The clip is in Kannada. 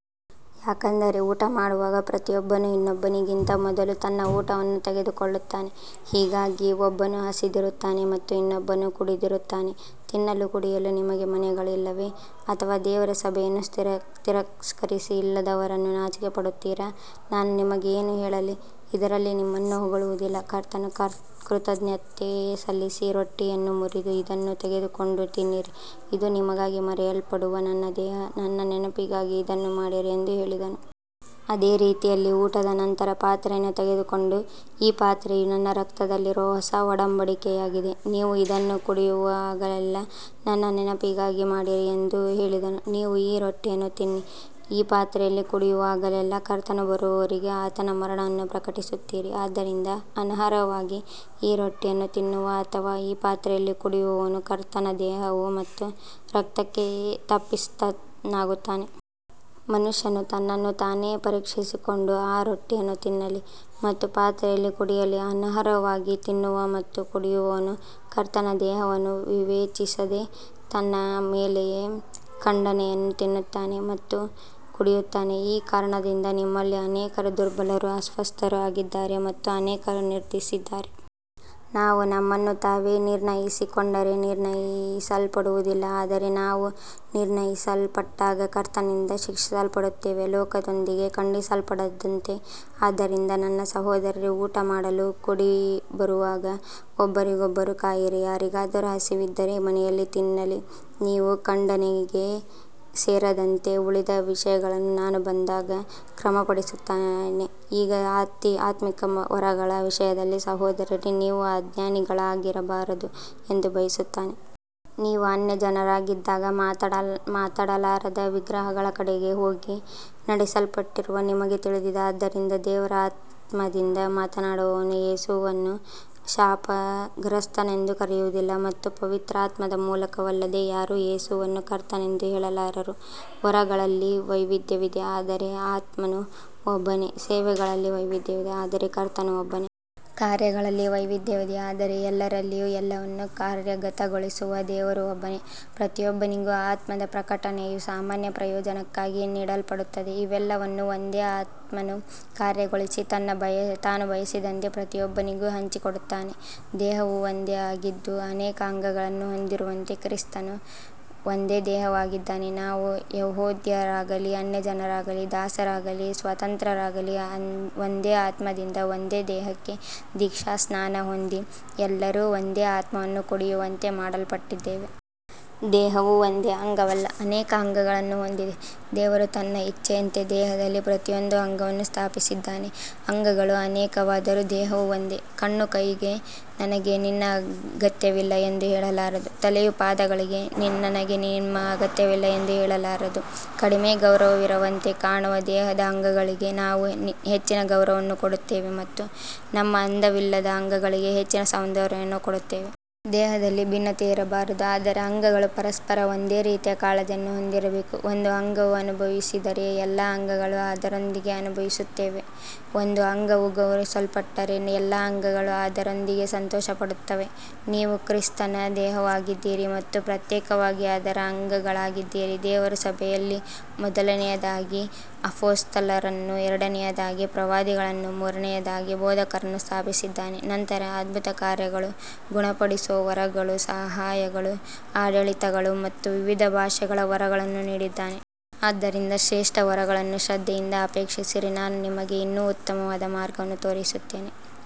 ಯಾಕಂದರೆ ಊಟಮಾಡುವಾಗ ಪ್ರತಿಯೊಬ್ಬನು ಇನ್ನೊಬ್ಬನಿಗಿಂತ ಮೊದಲು ತನ್ನ ಊಟವನ್ನು ತೆಗೆದುಕೊಳ್ಳುತ್ತಾನೆ, ಹೀಗಾಗಿ ಒಬ್ಬನು ಹಸಿದಿರುತ್ತಾನೆ ಮತ್ತು ಇನ್ನೊಬ್ಬನು ಕುಡಿದಿರುತ್ತಾನೆ. ತಿನ್ನಲು ಕುಡಿಯಲು ನಿಮಗೆ ಮನೆಗಳಿಲ್ಲವೇ, ಅಥವಾ ದೇವರ ಸಭೆಯನ್ನು ತಿರಸ್ಕರಿಸಿ ಇಲ್ಲದವರನ್ನು ನಾಚಿಕೆಪಡಿಸುತ್ತೀರಾ. ನಾನು ನಿಮಗೆ ಏನು ಹೇಳಲಿ, ಇದರಲ್ಲಿ ನಿಮ್ಮನ್ನು ಹೊಗಳುವುದಿಲ್ಲ. ಕರ್ತನು ಕೃತಜ್ಞತೆ ಸಲ್ಲಿಸಿ ರೊಟ್ಟಿಯನ್ನು ಮುರಿದು, ಇದನ್ನು ತೆಗೆದುಕೊಂಡು ತಿನ್ನಿರಿ, ಇದು ನಿಮಗಾಗಿ ಮುರಿಯಲ್ಪಡುವ ನನ್ನ ದೇಹ, ನನ್ನ ನೆನಪಿಗಾಗಿ ಇದನ್ನು ಮಾಡಿರಿ ಎಂದು ಹೇಳಿದನು. ಅದೇ ರೀತಿಯಲ್ಲಿ ಊಟದ ನಂತರ ಪಾತ್ರೆಯನ್ನು ತೆಗೆದುಕೊಂಡು, ಈ ಪಾತ್ರೆಯು ನನ್ನ ರಕ್ತದಲ್ಲಿರುವ ಹೊಸ ಒಡಂಬಡಿಕೆಯಾಗಿದೆ, ನೀವು ಇದನ್ನು ಕುಡಿಯುವಾಗಲೆಲ್ಲಾ ನನ್ನ ನೆನಪಿಗಾಗಿ ಮಾಡಿರಿ ಎಂದು ಹೇಳಿದನು. ನೀವು ಈ ರೊಟ್ಟಿಯನ್ನು ತಿನ್ನಿ ಈ ಪಾತ್ರೆಯಲ್ಲಿ ಕುಡಿಯುವಾಗಲೆಲ್ಲಾ ಕರ್ತನು ಬರುವವರೆಗೆ ಆತನ ಮರಣವನ್ನು ಪ್ರಕಟಿಸುತ್ತೀರಿ. ಆದ್ದರಿಂದ ಅನರ್ಹವಾಗಿ ಈ ರೊಟ್ಟಿಯನ್ನು ತಿನ್ನುವ ಅಥವಾ ಈ ಪಾತ್ರೆಯಲ್ಲಿ ಕುಡಿಯುವವನು ಕರ್ತನ ದೇಹ ಮತ್ತು ರಕ್ತಕ್ಕೆ ತಪ್ಪಿತಸ್ಥನಾಗುತ್ತಾನೆ. ಮನುಷ್ಯನು ತನ್ನನ್ನು ತಾನೇ ಪರೀಕ್ಷಿಸಿಕೊಂಡು ಆ ರೊಟ್ಟಿಯನ್ನು ತಿನ್ನಲಿ ಮತ್ತು ಪಾತ್ರೆಯಲ್ಲಿ ಕುಡಿಯಲಿ. ಅನರ್ಹವಾಗಿ ತಿನ್ನುವ ಮತ್ತು ಕುಡಿಯುವವನು ಕರ್ತನ ದೇಹವನ್ನು ವಿವೇಚಿಸದೆ ತನ್ನ ಮೇಲೆಯೇ ಖಂಡನೆಯನ್ನು ತಿನ್ನುತ್ತಾನೆ ಮತ್ತು ಕುಡಿಯುತ್ತಾನೆ. ಈ ಕಾರಣದಿಂದ ನಿಮ್ಮಲ್ಲಿ ಅನೇಕರು ದುರ್ಬಲರೂ ಅಸ್ವಸ್ಥರೂ ಆಗಿದ್ದಾರೆ ಮತ್ತು ಅನೇಕರು ನಿದ್ರಿಸಿದ್ದಾರೆ. ನಾವು ನಮ್ಮನ್ನು ತಾವೇ ನಿರ್ಣಯಿಸಿಕೊಂಡರೆ ನಿರ್ಣಯಿಸಲ್ಪಡುವುದಿಲ್ಲ, ಆದರೆ ನಾವು ನಿರ್ಣಯಿಸಲ್ಪಟ್ಟಾಗ ಕರ್ತನಿಂದ ಶಿಕ್ಷಿಸಲ್ಪಡುತ್ತೇವೆ, ಲೋಕದೊಂದಿಗೆ ಖಂಡಿಸಲ್ಪಡದಂತೆ. ಆದ್ದರಿಂದ ನನ್ನ ಸಹೋದರರೇ, ಊಟಮಾಡಲು ಕೂಡಿಬರುವಾಗ ಒಬ್ಬರಿಗೊಬ್ಬರು ಕಾಯಿರಿ. ಯಾರಿಗಾದರೂ ಹಸಿವಿದ್ದರೆ ಮನೆಯಲ್ಲಿ ತಿನ್ನಲಿ, ನೀವು ಖಂಡನೆಗೆ ಸೇರದಂತೆ. ಉಳಿದ ವಿಷಯಗಳನ್ನು ನಾನು ಬಂದಾಗ ಕ್ರಮಪಡಿಸುತ್ತೇನೆ. ಈಗ ಆತ್ಮಿಕ ವರಗಳ ವಿಷಯದಲ್ಲಿ ಸಹೋದರರೇ, ನೀವು ಅಜ್ಞಾನಿಗಳಾಗಿರಬಾರದು ಎಂದು ಬಯಸುತ್ತೇನೆ. ನೀವು ಅನ್ಯಜನರಾಗಿದ್ದಾಗ ಮಾತಾಡಲಾರದ ವಿಗ್ರಹಗಳ ಕಡೆಗೆ ಹೇಗೆ ನಡೆಸಲ್ಪಟ್ಟಿರೋ ನಿಮಗೆ ತಿಳಿದಿದೆ. ಆದ್ದರಿಂದ ದೇವರ ಆತ್ಮದಿಂದ ಮಾತನಾಡುವವನು ಯೇಸುವನ್ನು ಶಾಪಗ್ರಸ್ತನೆಂದು ಕರೆಯುವುದಿಲ್ಲ, ಮತ್ತು ಪವಿತ್ರಾತ್ಮದ ಮೂಲಕವಲ್ಲದೆ ಯಾರೂ ಯೇಸುವನ್ನು ಕರ್ತನೆಂದು ಹೇಳಲಾರರು. ವರಗಳಲ್ಲಿ ವೈವಿಧ್ಯವಿದೆ, ಆದರೆ ಆತ್ಮನು ಒಬ್ಬನೇ. ಸೇವೆಗಳಲ್ಲಿ ವೈವಿಧ್ಯವಿದೆ, ಆದರೆ ಕರ್ತನು ಒಬ್ಬನೇ. ಕಾರ್ಯಗಳಲ್ಲಿ ವೈವಿಧ್ಯವಿದೆ, ಆದರೆ ಎಲ್ಲರಲ್ಲಿಯೂ ಎಲ್ಲವನ್ನೂ ಕಾರ್ಯಗತಗೊಳಿಸುವ ದೇವರು ಒಬ್ಬನೇ. ಪ್ರತಿಯೊಬ್ಬನಿಗೂ ಆತ್ಮದ ಪ್ರಕಟಣೆಯು ಸಾಮಾನ್ಯ ಪ್ರಯೋಜನಕ್ಕಾಗಿ ನೀಡಲ್ಪಡುತ್ತದೆ. ಇವೆಲ್ಲವನ್ನೂ ಒಂದೇ ಆತ್ಮನು ಕಾರ್ಯಗೊಳಿಸಿ, ತಾನು ಬಯಸಿದಂತೆ ಪ್ರತಿಯೊಬ್ಬನಿಗೂ ಹಂಚಿಕೊಡುತ್ತಾನೆ. ದೇಹವು ಒಂದೇ ಆಗಿದ್ದು ಅನೇಕ ಅಂಗಗಳನ್ನು ಹೊಂದಿರುವಂತೆ, ಕ್ರಿಸ್ತನೂ ಒಂದೇ ದೇಹವಾಗಿದ್ದಾನೆ. ನಾವು ಯೆಹೂದ್ಯರಾಗಲಿ ಅನ್ಯಜನರಾಗಲಿ, ದಾಸರಾಗಲಿ ಸ್ವತಂತ್ರರಾಗಲಿ, ಒಂದೇ ಆತ್ಮದಿಂದ ಒಂದೇ ದೇಹಕ್ಕೆ ದೀಕ್ಷಾಸ್ನಾನ ಹೊಂದಿ, ಎಲ್ಲರೂ ಒಂದೇ ಆತ್ಮವನ್ನು ಕುಡಿಯುವಂತೆ ಮಾಡಲ್ಪಟ್ಟಿದ್ದೇವೆ. ದೇಹವು ಒಂದೇ ಅಂಗವಲ್ಲ, ಅನೇಕ ಅಂಗಗಳನ್ನು ಹೊಂದಿದೆ. ದೇವರು ತನ್ನ ಇಚ್ಛೆಯಂತೆ ದೇಹದಲ್ಲಿ ಪ್ರತಿಯೊಂದು ಅಂಗವನ್ನು ಸ್ಥಾಪಿಸಿದ್ದಾನೆ. ಅಂಗಗಳು ಅನೇಕವಾದರೂ ದೇಹವು ಒಂದೇ. ಕಣ್ಣು ಕೈಗೆ, ನನಗೆ ನಿನ್ನ ಅಗತ್ಯವಿಲ್ಲ ಎಂದು ಹೇಳಲಾರದು, ತಲೆಯೂ ಪಾದಗಳಿಗೆ, ನನಗೆ ನಿಮ್ಮ ಅಗತ್ಯವಿಲ್ಲ ಎಂದು ಹೇಳಲಾರದು. ಕಡಿಮೆ ಗೌರವವಿರುವಂತೆ ಕಾಣುವ ದೇಹದ ಅಂಗಗಳಿಗೆ ನಾವು ಹೆಚ್ಚಿನ ಗೌರವವನ್ನು ಕೊಡುತ್ತೇವೆ ಮತ್ತು ನಮ್ಮ ಅಂದವಿಲ್ಲದ ಅಂಗಗಳಿಗೆ ಹೆಚ್ಚಿನ ಸೌಂದರ್ಯವನ್ನು ಕೊಡುತ್ತೇವೆ. ದೇಹದಲ್ಲಿ ಭಿನ್ನತೆ ಇರಬಾರದು, ಆದರೆ ಅಂಗಗಳು ಪರಸ್ಪರ ಒಂದೇ ರೀತಿಯ ಕಾಳಜಿಯನ್ನು ಹೊಂದಿರಬೇಕು. ಒಂದು ಅಂಗವು ಅನುಭವಿಸಿದರೆ ಎಲ್ಲಾ ಅಂಗಗಳು ಅದರೊಂದಿಗೆ ಅನುಭವಿಸುತ್ತವೆ, ಒಂದು ಅಂಗವು ಗೌರವಿಸಲ್ಪಟ್ಟರೆ ಎಲ್ಲಾ ಅಂಗಗಳು ಅದರೊಂದಿಗೆ ಸಂತೋಷಪಡುತ್ತವೆ. ನೀವು ಕ್ರಿಸ್ತನ ದೇಹವಾಗಿದ್ದೀರಿ ಮತ್ತು ಪ್ರತ್ಯೇಕವಾಗಿ ಅದರ ಅಂಗಗಳಾಗಿದ್ದೀರಿ. ದೇವರು ಸಭೆಯಲ್ಲಿ ಮೊದಲನೆಯದಾಗಿ ಅಪೊಸ್ತಲರನ್ನು, ಎರಡನೆಯದಾಗಿ ಪ್ರವಾದಿಗಳನ್ನು, ಮೂರನೆಯದಾಗಿ ಬೋಧಕರನ್ನು ಸ್ಥಾಪಿಸಿದ್ದಾನೆ, ನಂತರ ಅದ್ಭುತಕಾರ್ಯಗಳು, ಗುಣಪಡಿಸುವ ವರಗಳು, ಸಹಾಯಗಳು, ಆಡಳಿತಗಳು ಮತ್ತು ವಿವಿಧ ಭಾಷೆಗಳ ವರಗಳನ್ನು ನೀಡಿದ್ದಾನೆ. ಆದ್ದರಿಂದ ಶ್ರೇಷ್ಠ ವರಗಳನ್ನು ಶ್ರದ್ಧೆಯಿಂದ ಅಪೇಕ್ಷಿಸಿರಿ, ನಾನು ನಿಮಗೆ ಇನ್ನೂ ಉತ್ತಮವಾದ ಮಾರ್ಗವನ್ನು ತೋರಿಸುತ್ತೇನೆ.